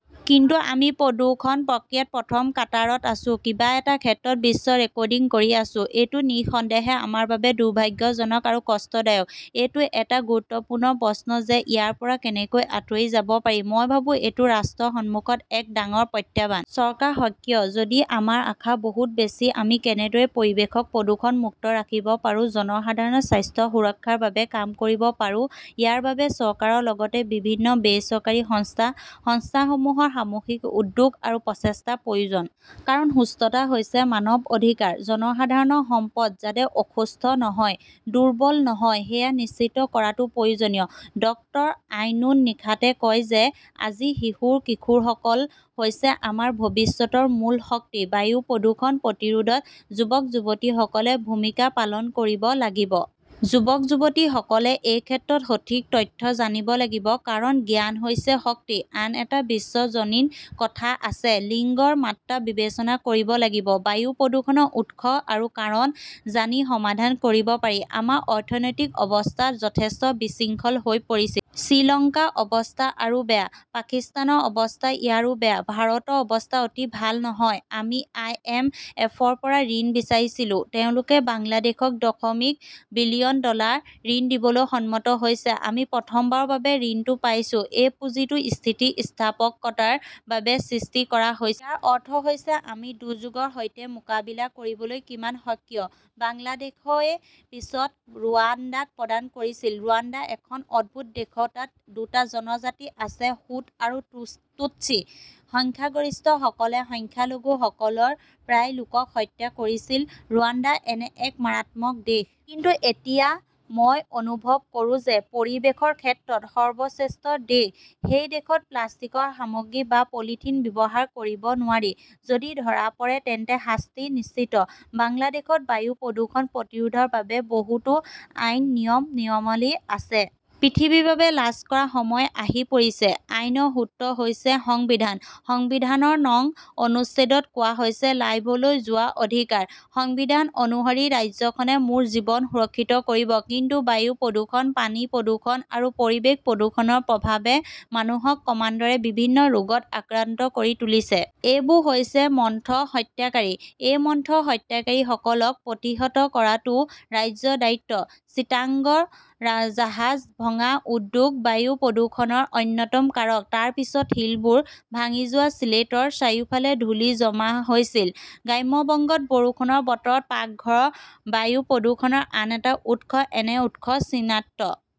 কিন্তু আমি প্ৰদূষণ প্ৰক্ৰিয়াত প্ৰথম কাটাৰত আছো। কিবা এটা ক্ষেত্ৰত বিশ্ব ৰেকৰ্ডিং কৰি আছো। এইটো নিঃসন্দেহে আমাৰ বাবে দুৰ্ভাগ্যজনক আৰু কষ্টদায়ক। এইটো এটা গুৰুত্বপূৰ্ণ প্ৰশ্ন যে ইয়াৰ পৰা কেনেকৈ আঁতৰি যাব পাৰি। মই ভাবো এইটো ৰাষ্ট্ৰৰ সন্মুখত এক ডাঙৰ প্ৰত্যাহ্বান। চৰকাৰ সক্ৰিয়। যদি আমাৰ আশা বহুত বেছি। আমি কেনেদৰে পৰিৱেশক প্ৰদূষণমুক্ত ৰাখিব পাৰোঁ জনসাধাৰণৰ স্বাস্থ্য সুৰক্ষাৰ বাবে কাম কৰিব পাৰোঁ ইয়াৰ বাবে চৰকাৰৰ লগতে বিভিন্ন বেচৰকাৰী সংস্থা, সংস্থাসমূহৰ সামূহিক উদ্যোগ আৰু প্ৰচেষ্টাৰ প্ৰয়োজন। কাৰণ সুস্থতা হৈছে মানৱ অধিকাৰ। জনসাধাৰণৰ সম্পদ যাতে অসুস্থ নহয়, দুৰ্বল নহয় সেয়া নিশ্চিত কৰাটো প্ৰয়োজনীয়। ডক্টৰ আইনুন নিশাতে কয় যে আজি শিশু-কিশোৰসকল হৈছে আমাৰ ভৱিষ্যতৰ মূল শক্তি। বায়ু প্ৰদূষণ প্ৰতিৰোধত যুৱক-যুৱতীসকলে ভূমিকা পালন কৰিব লাগিব। যুৱক-যুৱতীসকলে এই ক্ষেত্ৰত সঠিক তথ্য জানিব লাগিব। কাৰণ জ্ঞান হৈছে শক্তি। আন এটা বিশ্বজনীন কথা আছে, লিংগৰ মাত্ৰা বিবেচনা কৰিব লাগিব। বায়ু প্ৰদূষণৰ উৎস আৰু কাৰণ জানি সমাধান কৰিব পাৰি। আমাৰ অৰ্থনৈতিক অৱস্থা যথেষ্ট বিশৃংখল হৈ পৰিছিল। শ্ৰীলংকাৰ অৱস্থা আৰু বেয়া। পাকিস্তানৰ অৱস্থা ইয়াৰো বেয়া। ভাৰতৰ অৱস্থা অতি ভাল নহয়। আমি আইএমএফৰ পৰা ঋণ বিচাৰিছিলো। তেওঁলোকে বাংলাদেশক দশমিক বিলিয়ন ডলাৰ ঋণ দিবলৈ সন্মত হৈছে। আমি প্ৰথমবাৰৰ বাবে ঋণটো পাইছো। এই পুঁজিটো স্থিতিস্থাপকতাৰ বাবে সৃষ্টি কৰা হৈছে। ইয়াৰ অৰ্থ হৈছে আমি দুৰ্যোগৰ সৈতে মোকাবিলা কৰিবলৈ কিমান সক্ৰিয়। বাংলাদেশই পিছত ৰুৱাণ্ডাক প্ৰদান কৰিছিল। ৰুৱাণ্ডা এখন অদ্ভুত দেশতাত দুটা জনজাতি আছে-হুট আৰু টুটচি। সংখ্যাগৰিষ্ঠসকলে সংখ্যালঘুসকলৰ প্ৰায় লোকক হত্যা কৰিছিল। ৰুৱাণ্ডা এনে এক মাৰাত্মক দেশ। কিন্তু এতিয়া মই অনুভৱ কৰোঁ যে পৰিৱেশৰ ক্ষেত্ৰত সৰ্বশ্ৰেষ্ঠ দেশ। সেই দেশত প্লাষ্টিকৰ সামগ্ৰী বা পলিথিন ব্যৱহাৰ কৰিব নোৱাৰি। যদি ধৰা পৰে তেন্তে শাস্তি নিশ্চিত। বাংলাদেশত বায়ু প্ৰদূষণ প্ৰতিৰোধৰ বাবে বহুতো আইন, নিয়ম, নিয়মাৱলী আছে। পৃথিৱীৰ বাবে লাজ কৰাৰ সময় আহি পৰিছে। আইনৰ সূত্ৰ হৈছে সংবিধান। সংবিধানৰ নং অনুচ্ছেদত কোৱা হৈছে লাইভলৈ যোৱাৰ অধিকাৰ । সংবিধান অনুসৰি ৰাজ্যখনে মোৰ জীৱন সুৰক্ষিত কৰিব। কিন্তু বায়ু প্ৰদূষণ, পানী প্ৰদূষণ আৰু পৰিৱেশ প্ৰদূষণৰ প্ৰভাৱে মানুহক ক্ৰমান্বয়ে বিভিন্ন ৰোগত আক্ৰান্ত কৰি তুলিছে। এইবোৰ হৈছে মন্থৰ হত্যাকাৰী । এই মন্থৰ হত্যাকাৰীসকলক প্ৰতিহত কৰাটো ৰাজ্যৰ দায়িত্ব। চিটাগংৰ জাহাজ ভঙা উদ্যোগ বায়ু প্ৰদূষণৰ অন্যতম কাৰক। তাৰ পিছতে শিলবোৰ ভাঙি যোৱা শ্বিলেটৰ চাৰিওফালে ধূলি জমা হৈছিল। গ্ৰাম্য বংগত বৰষুণৰ বতৰত পাকঘৰ বায়ু প্ৰদূষণৰ আন এটা উৎস। এনে উৎস চিনাক্ত